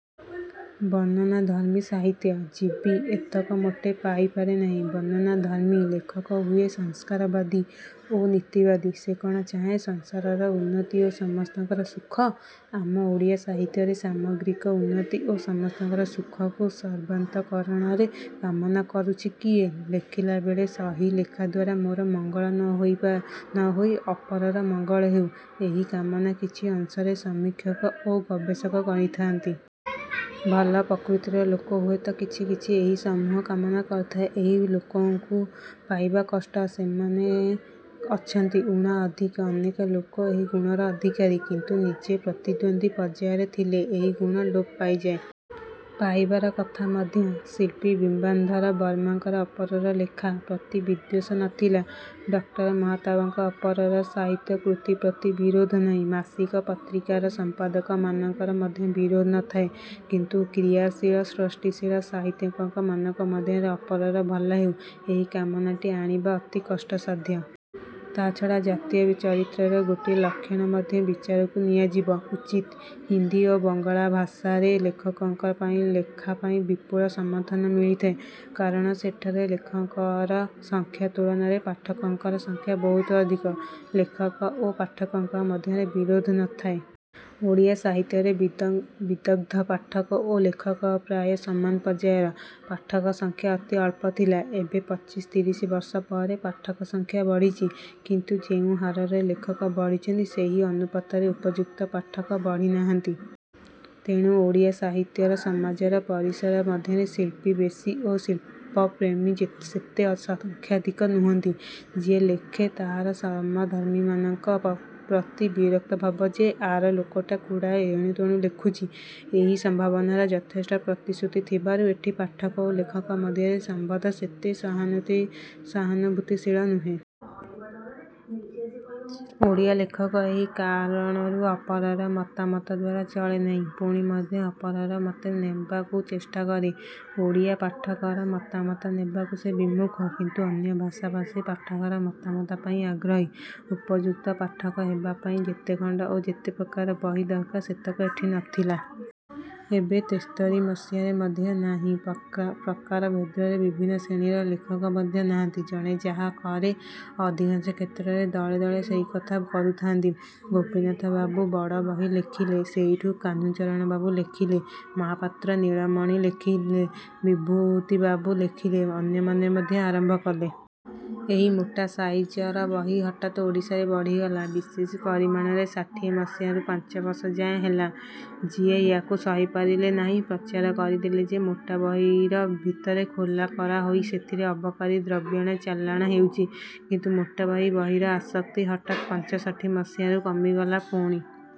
ବର୍ଣ୍ଣନାଧର୍ମ୍ମୀ ସାହିତ୍ୟ-ଜୀବୀ ଏତକ ମୋଟେ ପାଇପାରେ ନାହିଁ। ବର୍ଣ୍ଣନାଧର୍ମ୍ମୀ ଲେଖକ ହୁଏ ସଂସ୍କାରବାଦୀ ଓ ନୀତିବାଦୀ। ସେ କ'ଣ ଚାହେଁ ସଂସାରର ଉନ୍ନତି ଓ ସମସ୍ତଙ୍କର ସୁଖ? ଆମ ଓଡ଼ିଆ ସାହିତ୍ୟରେ ସାମଗ୍ରିକ ଉନ୍ନତି ଓ ସମସ୍ତଙ୍କର ସୁଖକୁ ସର୍ବାନ୍ତଃକରଣରେ କାମନା କରୁଛି କିଏ? ଲେଖିଲାବେଳେ ସହି ଲେଖା ଦ୍ୱାରା ମୋର ମଙ୍ଗଳ ନ ହୋଇ ଅପରର ମଙ୍ଗଳ ହେଉ-ଏହି କାମନା କିଛି ଅଂଶରେ ସମୀକ୍ଷକ ଓ ଗବେଶକ କରିଥାନ୍ତି। ଭଲ ପ୍ରକୃତିର ଲୋକ ହୁଏ ତ କିଛି କିଛି ଏହି ସମୁହ କାମନା କରିଥାଏ। ଏହି ଲୋକଙ୍କୁ ପାଇବା କଷ୍ଟ। ସେମାନେ ଅଛନ୍ତି। ଊଣା ଅଧିକେ ଅନେକ ଲୋକ ଏହି ଗୁଣର ଅଧିକାରୀ। କିନ୍ତୁ ନିଜେ ପ୍ରତିଦ୍ୱନ୍ଦୀ ପର୍ଯ୍ୟାୟରେ ଥିଲେ ଏହି ଗୁଣ ଲୋପ ପାଇଯାଏ। -ପାଇବାର କଥା ମଧ୍ୟ। ଶିଳ୍ପୀ ବିମ୍ବାଧର ବର୍ମାଙ୍କର ଅପରର ଲେଖା ପ୍ରତି ବିଦ୍ୱେଷ ନ ଥିଲା। ଡକ୍ଟର ମହତାବଙ୍କର ଅପରର ସାହିତ୍ୟ କୃତି ପ୍ରତି ବିରୋଧ ନାହିଁ। ମାସିକ ପତ୍ରିକାର ସମ୍ପାଦକମାନଙ୍କର ମଧ୍ୟ ବିରୋଧ ନ ଥାଏ। କିନ୍ତୁ କ୍ରିୟାଶୀଳ, ସୃଷ୍ଟିଶୀଳ ସାହିତ୍ୟିକମାନଙ୍କ ମଧ୍ୟରେ ଅପରର ଭଲ ହେଉ-ଏହି କାମନାଟି ଆଣିବା ଅତି କଷ୍ଟସାଧ୍ୟ। ତାହାଛଡ଼ା ଜାତୀୟ ଚରିତ୍ରର ଗୋଟିଏ ଲକ୍ଷଣ ମଧ୍ୟ ବିଚାରକୁ ନିଆଯିବା ଉଚିତ୍। ହିନ୍ଦି ଓ ବଙ୍ଗଳା ଭାଷାରେ ଲେଖକଙ୍କର ଲେଖା ପାଇଁ ବିପୁଳ ସମର୍ଥନ ମିଳିଥାଏ। କାରଣ ସେଠାରେ ଲେଖକର ସଂଖ୍ୟା ତୁଳନାରେ ପାଠକଙ୍କର ସଂଖ୍ୟା ବହୁତ ଅଧିକ। ଲେଖକ ଓ ପାଠକଙ୍କର ମଧ୍ୟରେ ବିରୋଧ ନ ଥାଏ। ଓଡ଼ିଆ ସାହିତ୍ୟରେ ବିଦଗ୍ଧ ପାଠକ ଓ ଲେଖକ ପ୍ରାୟ ସମାନ ପର୍ଯ୍ୟାୟର। ପାଠକ ସଂଖ୍ୟା ଅତି ଅଳ୍ପ ଥିଲା। ଏବେ ପଚିଶି ତିରିଶି ବର୍ଷ ପରେ ପାଠକ ସଂଖ୍ୟା। ବଢ଼ିଛି। କିନ୍ତୁ ଯେଉଁ ହାରରେ ଲେଖକ ବଢ଼ିଛନ୍ତି ସେହି ଅନୁପାତରେ ଉପଯୁକ୍ତ ପାଠକ ବଢ଼ି ନାହାନ୍ତି। ତେଣୁ ଓଡ଼ିଆ ସାହିତ୍ୟ ସମାଜର ପରିସର ମଧ୍ୟରେ ଶିଳ୍ପୀ ବେଶି ଓ ଶିଳ୍ପପ୍ରେମୀ ସେତେ ସଂଖ୍ୟାଧିକ ନୁହନ୍ତି। ଯିଏ, ଲେଖେ, ତାହାର ସମଧର୍ମୀମାନଙ୍କ ପ୍ରତି ବିରକ୍ତି ଭାବ ଯେ, ଆର ଲୋକଟା ଗୁଡ଼ାଏ ଏଣୁତେଣୁ ଲେଖୁଛି। ଏହି ସମ୍ଭାବନାର ଯଥେଷ୍ଟ ପ୍ରତିଶୃତି ଥିବାରୁ ଏଠି ପାଠକ ଓ ଲେଖକ ମଧ୍ୟରେ ସମ୍ବନ୍ଧ ସେତେ ସହାନୁଭୂତିଶୀଳ ନୁହେଁ। ଓଡ଼ିଆ ଲେଖକ ଏହି କାରଣରୁ ଅପରର ମତାମତ ଦ୍ୱାରା ଚଳେ ନାହିଁ। ପୁଣି ମଧ୍ୟ ଅପରର ମତ ନେବାକୁ ଚେଷ୍ଟା କରେ। ଓଡ଼ିଆ ପାଠକର ମତାମତ ନେବାକୁ ସେ ବିମୁଖ। କିନ୍ତୁ ଅନ୍ୟ ଭାଷାଭାଷୀ ପାଠକର ମତାମତ ପାଇଁ ଆଗ୍ରହୀ। ଉପଯୁକ୍ତ ପାଠକ ହେବା ପାଇଁ ଯେତେଖଣ୍ତ ଓ ଯେତେ ପ୍ରକାରର ବହି ଦରକାର ସେତକ ଏଠି ନଥିଲା। ଏବେ ତେସ୍ତରୀ ମସିହାରେ ମଧ୍ୟ ନାହିଁ। ପ୍ରକାରଭେଦରେ ବିଭିନ୍ନ ଶ୍ରେଣୀର ଲେଖକ ମଧ୍ୟ ନାହାନ୍ତି। ଜଣେ ଯାହା କରେ ଅଧିକାଂଶ କ୍ଷେତ୍ରରେ ଦଳେଦଳେ ସେହି କଥା କରୁଥାନ୍ତି। ଗୋପୀନାଥବାବୁ ବଡ଼ ବହି ଲେଖିଲେ। ସେଇଠୁ କାହ୍ନୁଚରଣବାବୁ ଲେଖିଲେ। ମହାପାତ୍ର ନୀଳମଣି ଲେଖିଲେ। ବିଭୁତିବାବୁ ଲେଖିଲେ। ଅନ୍ୟମାନେ ମଧ୍ୟ ଆରମ୍ଭ କଲେ। ଏହି ମୋଟା ସାଇଜର ବହି ହଠାତ୍ ଓଡ଼ିଶାରେ ବଢ଼ିଗଲା। ବିଶେଷ ପରିମାଣରେ ଷାଠିଏ ମସିହାରୁ ପାଞ୍ଚବର୍ଷ ଯାଏ ହେଲା। ଯିଏ ୟାକୁ ସହି ପାରିଲେ ନାହିଁ ପ୍ରଚାର କରିଦେଲେ ଯେ ମୋଟା ବହିର ଭିତରେ ଖୋଲ କରା ହୋଇ ସେଥିରେ ଅବକାରୀ ଦ୍ରବ୍ୟ ଚାଲାଣ ହେଉଛି। କିନ୍ତୁ ମୋଟା ବହିର ଆସକ୍ତି ହଠାତ୍ ପଞ୍ଚଷଠି ମସିହାରୁ କମିଗଲା। ପୁଣି